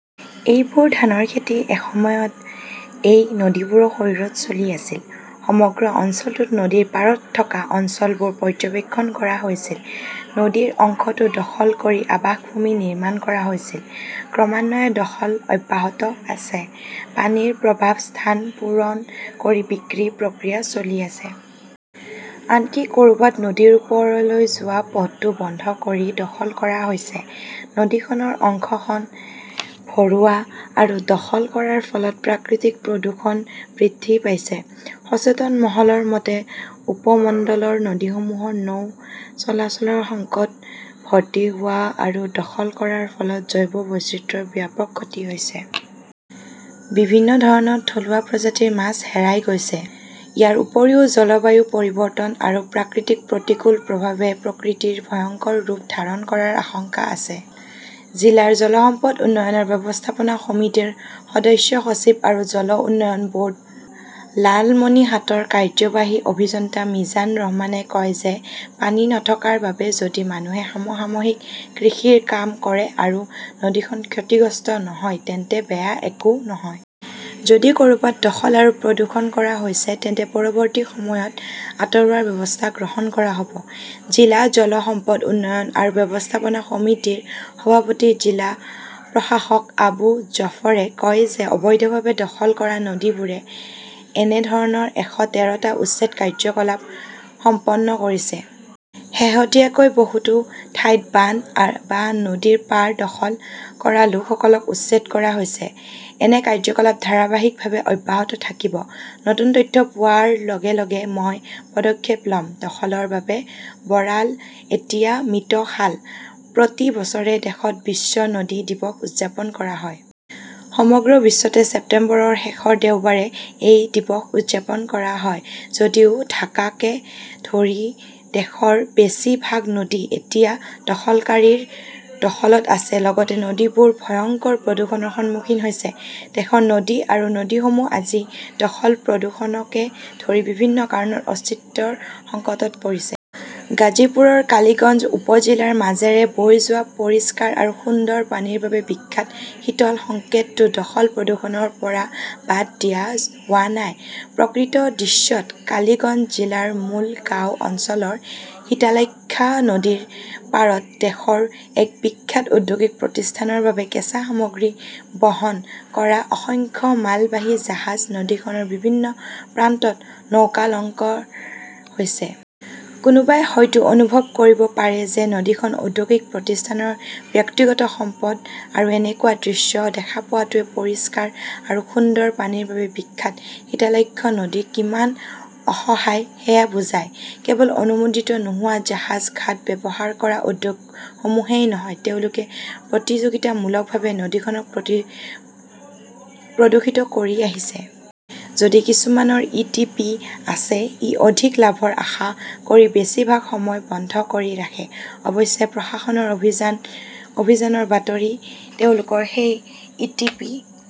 ইৰি-বৰো ধানৰ খেতি এসময়ত এই নদীবোৰৰ শৰীৰত চলি আছিল। সমগ্ৰ অঞ্চলটোত নদীৰ পাৰত থকা অঞ্চলবোৰ পৰ্যবেক্ষণ কৰা হৈছিল, নদীৰ অংশটো দখল কৰি আৱাসগৃহসমূহ নিৰ্মাণ কৰা হৈছিল। ক্ৰমান্বয়ে দখল অব্যাহত আছে। পানীৰ প্ৰবাহৰ স্থান পূৰণ কৰি বিক্ৰী প্ৰক্ৰিয়া চলি আছে। আনকি ক'ৰবাত নদীৰ ওচৰলৈ যোৱা পথটোও বন্ধ কৰি দখল কৰা হৈছে। নদীখনৰ অংশখন ভৰোৱা আৰু দখল কৰাৰ ফলত প্ৰাকৃতিক প্ৰদূষণ বৃদ্ধি পাইছে। সচেতন মহলৰ মতে, উপমণ্ডলৰ নদীসমূহৰ নৌ চলাচলৰ সংকট, ভৰ্তি হোৱা আৰু দখল কৰাৰ ফলত জৈৱ বৈচিত্ৰ্যৰ ব্যাপক ক্ষতি হৈছে। বিভিন্ন ধৰণৰ থলুৱা প্ৰজাতিৰ মাছ হেৰাই গৈছে। ইয়াৰ উপৰিও জলবায়ু পৰিৱৰ্তন আৰু প্ৰাকৃতিক প্ৰতিকূল প্ৰভাৱে প্ৰকৃতিৰ ভয়ংকৰ ৰূপ ধাৰণ কৰাৰ আশংকা আছে। জিলাৰ জল সম্পদ উন্নয়ন আৰু ব্যৱস্থাপনা সমিতিৰ সদস্য সচিব আৰু জল উন্নয়ন ব'ৰ্ড লালমনিৰহাটৰ কাৰ্যবাহী অভিযন্তা মিজান ৰহমানে কয় যে পানী নথকাৰ বাবে যদি মানুহে সাময়িকভাৱে কৃষিৰ কাম কৰে আৰু নদীখন ক্ষতিগ্ৰস্ত নহয় তেন্তে বেয়া একো নহয়। যদি ক'ৰবাত দখল আৰু প্ৰদূষণ কৰা হৈছে তেন্তে পৰৱৰ্তী সময়ত আঁতৰোৱাৰ ব্যৱস্থা গ্ৰহণ কৰা হব। জিলা জল সম্পদ উন্নয়ন আৰু ব্যৱস্থাপনা সমিতিৰ সভাপতি জিলা প্ৰশাসক আবু জাফৰে কয় যে অবৈধভাৱে দখল কৰা নদীবোৰে এনে ধৰণৰ "এশ তেৰ টা" উচ্ছেদ কাৰ্যকলাপ সম্পন্ন কৰিছে। শেহতীয়াকৈ বহুতো ঠাইত বান্ধ বা নদীৰ পাৰ দখল কৰা লোকসকলক উচ্ছেদ কৰা হৈছে। এনে কাৰ্যকলাপ ধাৰাবাহিকভাৱে অব্যাহত থাকিব। নতুন তথ্য পোৱাৰ লগে লগে মই পদক্ষেপ লম। দখলৰ বাবে বৰাল এতিয়া মৃত খাল। প্ৰতি বছৰে দেশত বিশ্ব নদী দিৱস উদযাপন কৰা হয়। সমগ্ৰ বিশ্বতে ছেপ্টেম্বৰৰ শেষৰ দেওবাৰে এই দিৱস উদযাপন কৰা হয় যদিও ঢাকাকে ধৰি দেশৰ বেছিভাগ নদী এতিয়া দখলকাৰীৰ দখলত আছে। লগতে নদীবোৰ ভয়ংকৰ প্ৰদূষণৰ সন্মুখীন হৈছে । দেশৰ নদী আৰু নদীসমূহ আজি দখল-প্ৰদূষণকে ধৰি বিভিন্ন কাৰণত অস্তিত্বৰ সংকটত পৰিছে। গাজীপুৰৰ কালিগঞ্জ উপ-জিলাৰ মাজেৰে বৈ যোৱা পৰিষ্কাৰ আৰু সুন্দৰ পানীৰ বাবে বিখ্যাত শীতল সংকেতটো দখল-প্ৰদূষণৰ পৰা বাদ দিয়া হোৱা নাই। প্ৰকৃত দৃশ্যত, কালিগঞ্জ জিলাৰ মূলগাঁও অঞ্চলৰ শীতলাক্ষ্যা নদীৰ পাৰত দেশৰ এক বিখ্যাত ঔদ্যোগিক প্ৰতিষ্ঠানৰ বাবে কেঁচা সামগ্ৰী বহন কৰা অসংখ্য মালবাহী জাহাজ নদীখনৰ বিভিন্ন প্ৰান্তত নৌকাৰ লঙ্গৰ হৈছে। কোনোবাই হয়তো অনুভৱ কৰিব পাৰে যে নদীখন ঔদ্যোগিক প্ৰতিষ্ঠানৰ ব্যক্তিগত সম্পদ আৰু এনেকুৱা দৃশ্য দেখা পোৱাটোৱে পৰিষ্কাৰ আৰু সুন্দৰ পানীৰ বাবে বিখ্যাত শীতলাক্ষ্যা নদী কিমান অসহায় সেয়া বুজাই। কেৱল অনুমোদিত নোহোৱা জাহাজ ঘাট ব্যৱহাৰ কৰা উদ্যোগসমূহেই নহয়, তেওঁলোকে প্ৰতিযোগিতামূলকভাৱে নদীখনক প্ৰদূষিত কৰি আহিছে। যদিও কিছুমানৰ ই. টি. পি. আছে, ই অধিক লাভৰ আশা কৰি বেছিভাগ সময় বন্ধ কৰি ৰাখে। অৱশ্যে, প্ৰশাসনৰ অভিযানৰ বাতৰিত তেওঁলোকৰ সেই ই.টি. পি.